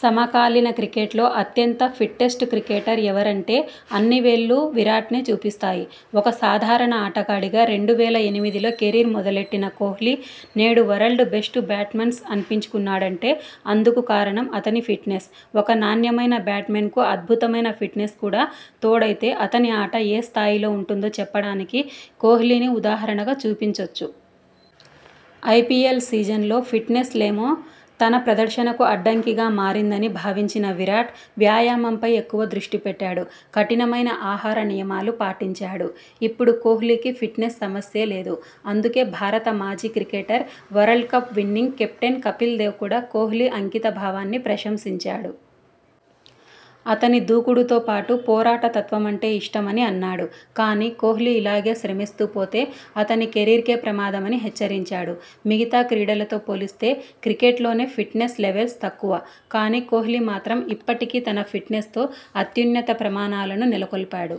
సమకాలీన క్రికెట్లో అత్యంత ఫిట్టెస్ట్ క్రికెటర్ ఎవరంటే అన్ని వేళ్లూ విరాట్నే చూపిస్తాయి! ఒక సాధారణ ఆటగాడిగా రెండు వేల ఎనిమిదిలో కెరీర్ మొదలెట్టిన కోహ్లీ నేడు వరల్డ్ బెస్ట్ బ్యాట్స్మన్ అనిపించుకుంటున్నాడంటే అందుకు కారణం అతని ఫిట్నెస్. ఒక నాణ్యమైన బ్యాట్స్మెన్కు అద్భుతమైన ఫిట్నెస్ కూడా తోడైతే అతని ఆట ఏ స్థాయిలో ఉంటుందో చెప్పడానికి కోహ్లీని ఉదాహరణగా చూపించొచ్చు. ఐపీఎల్ సీజన్లో ఫిట్నెస్ లేమే తన ప్రదర్శనకు అడ్డంకిగా మారిందని భావించిన విరాట్ వ్యాయామంపై ఎక్కువ దృష్టి పెట్టాడు. కఠినమైన ఆహార నియమాలు పాటించాడు. ఇప్పుడు కోహ్లీకి ఫిట్నెస్ సమస్యే లేదు. అందుకే భారత మాజీ cricketer, world cup winning captain Kapil Dev కూడా కోహ్లీ అంకిత భావాన్ని ప్రశంసించాడు. అతని దూకుడుతో పాటు పోరాట తత్వమంటే ఇష్టమని అన్నాడు. కానీ కోహ్లీ ఇలాగే శ్రమిస్తూ పోతే అతని కెరీర్కే ప్రమాదమని హెచ్చరించాడు. 'మిగతా క్రీడలతో పోలిస్తే క్రికెట్లోనే ఫిట్నెస్ లెవెల్స్ తక్కువ. కానీ కోహ్లీ మాత్రం ఇప్పటికే తన ఫిట్నెస్ తో అత్యున్నత ప్రమాణాలను నెలకొల్పాడు.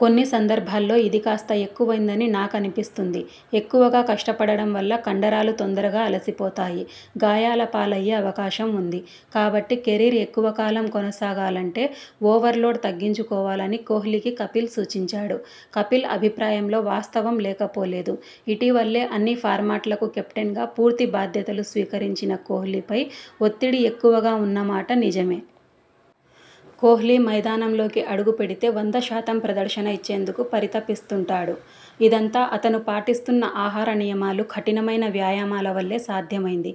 కొన్ని సందర్భాల్లో ఇది కాస్త ఎక్కువైందని నాకనిపిస్తుంది. ఎక్కువగా కష్టపడడం వల్ల కండరాలు తొందరగా అలసిపోతాయి. గాయాల పాలయ్యే అవకాశం ఉంది. కాబట్టి కెరీర్ ఎక్కువ కాలం కొనసాగాలంటే ఓవర్లోడ్ తగ్గించుకోవాల'ని కోహ్లీకి కపిల్ సూచించాడు. కపిల్ అభిప్రాయంలో వాస్తవం లేకపోలేదు. ఇటీవలే అన్ని ఫార్మాట్లకు కెప్టెన్గా పూర్తి బాధ్యతలు స్వీకరించిన కోహ్లీ పై ఒత్తిడి ఎక్కువగా ఉన్న మాట నిజమే! కోహ్లీ మైదానం లోకి అడుగు పెడితే వంద శాతం ప్రదర్శన ఇచ్చేందుకు పరితపిస్తుంటాడు. ఇదంతా అతను పాటిస్తున్న ఆహార నియమాలు, కఠినమైన వ్యాయామాల వల్లే సాధ్యమైంది.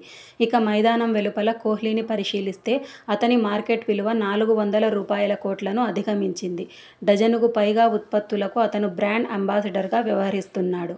ఇక మైదానం వెలుపల కోహ్లీని పరిశీలిస్తే అతని మార్కెట్ విలువ నాలుగు వందల రూపాయల కోట్లను అధిగమించింది. డజనుకు పైగా ఉత్పత్తులకు అతను బ్రాండ్ అంబాసిడర్గా వ్యవహరిస్తున్నాడు.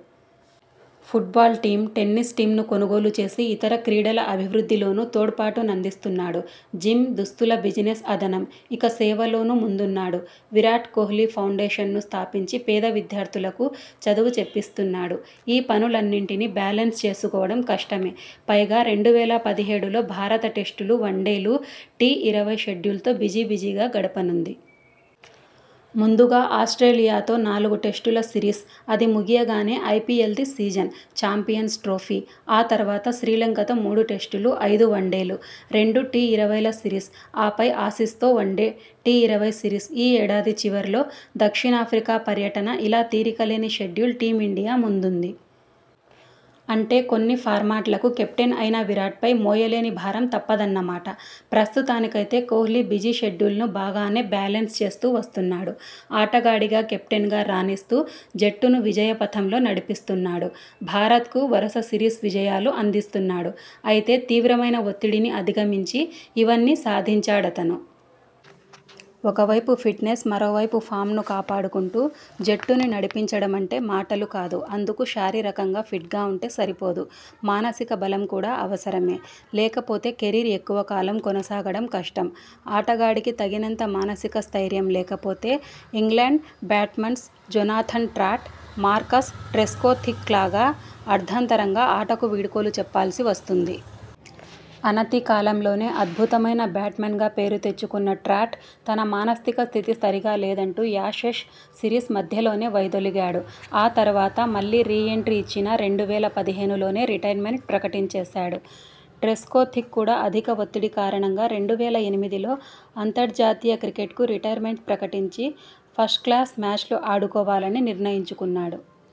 ఫుట్బాల్ టీమ్, టెన్నిస్ టీమ్ను కొనుగోలు చేసి ఇతర క్రీడల అభివృద్ధిలోనూ తోడ్పాటునందిస్తున్నాడు. జిమ్, దుస్తుల బిజినెస్ అదనం. ఇక సేవలోనూ ముందున్నాడు. విరాట్ కోహ్లీ ఫౌండేషన్ ను స్థాపించి పేద విద్యార్థులకు చదువు చెప్పిస్తున్నాడు. ఈ పనులన్నిటినీ బ్యాలెన్స్ చేసుకోవడం కష్టమే. పైగా రెండు వేల పదిహేడు లో భారత టెస్టులు, వన్డేలు, టీఇరవై షెడ్యూల్తో బిజీ బిజీగా గడపనుంది. ముందుగా ఆస్ట్రేలియా తో నాలుగు టెస్టుల సిరీస్. అది ముగియగానే ఐపీఎల్ది సీజన్. Champions trophy. ఆ తర్వాత శ్రీలంకతో మూడు టెస్టులు, ఐదు వన్డేలు, రెండు టీ ఇరవైల సిరీస్. ఆపై ఆసీస్ తో వన్డే, టీ ఇరవై సిరీస్ ఈ ఏడాది చివర్లో దక్షిణాఫ్రికా పర్యటన ఇలా తీరిక లేని షెడ్యూల్ టీమిండియా ముందుంది. అంటే అన్ని ఫార్మాట్లకూ కెప్టెన్ అయిన విరాట్పై మోయలేని భారం తప్పదన్నమాట. ప్రస్తుతానికైతే కోహ్లీ బిజీ షెడ్యూల్ను బాగానే బ్యాలెన్స్ చేస్తూ వస్తున్నాడు. ఆటగాడిగా కెప్టెన్గా రాణిస్తూ జట్టును విజయ పథంలో నడిపిస్తున్నాడు. భారతకు వరుస సిరీస్ విజయాలు అందిస్తున్నాడు. అయితే తీవ్రమైన ఒత్తిడిని అధిగమించి ఇవన్నీ సాధించాడతను. ఓ వైపు ఫిట్నెస్, మరోవైపు ఫామ్ను కాపాడుకుంటూ జట్టుని నడిపించడమంటే మాటలు కాదు. అందుకు శారీరకంగా ఫిట్గా ఉంటే సరిపోదు. మానసిక బలం కూడా అవసరమే. లేకపోతే కెరీర్ ఎక్కువ కాలం కొనసాగడం కష్టం. ఆటగాడికి తగినంత మానసిక స్థయిర్యం లేకపోతే England batsman Jonathan Trott, Marcus ట్రెస్కోథిక్లాగా అర్ధంతరంగా ఆటకు వీడ్కోలు చెప్పాల్సి వస్తుంది. అనతి కాలంలోనే అద్భుతమైన బ్యాట్స్మన్గా పేరు తెచ్చుకున్న ట్రాట్ తన మానసిక స్థితి సరిగా లేదంటూ యాషెస్ సిరీస్ మధ్యలోనే వైదొలిగాడు. ఆ తర్వాత మళ్లీ రీ ఎంట్రీ ఇచ్చినా రెండు వేల పదిహేనులోనే రిటైర్మెంట్ ప్రకటించేశాడు. ట్రెస్కోథిక్ కూడా అధిక ఒత్తిడి కారణంగానే రెండు వేల ఎనిమిదిలో అంతర్జాతీయ క్రికెట్కు రిటైర్మెంట్ ప్రకటించి ఫస్ట్క్లాస్ మ్యాచ్లు ఆడుకోవాలని నిర్ణయించుకున్నాడు.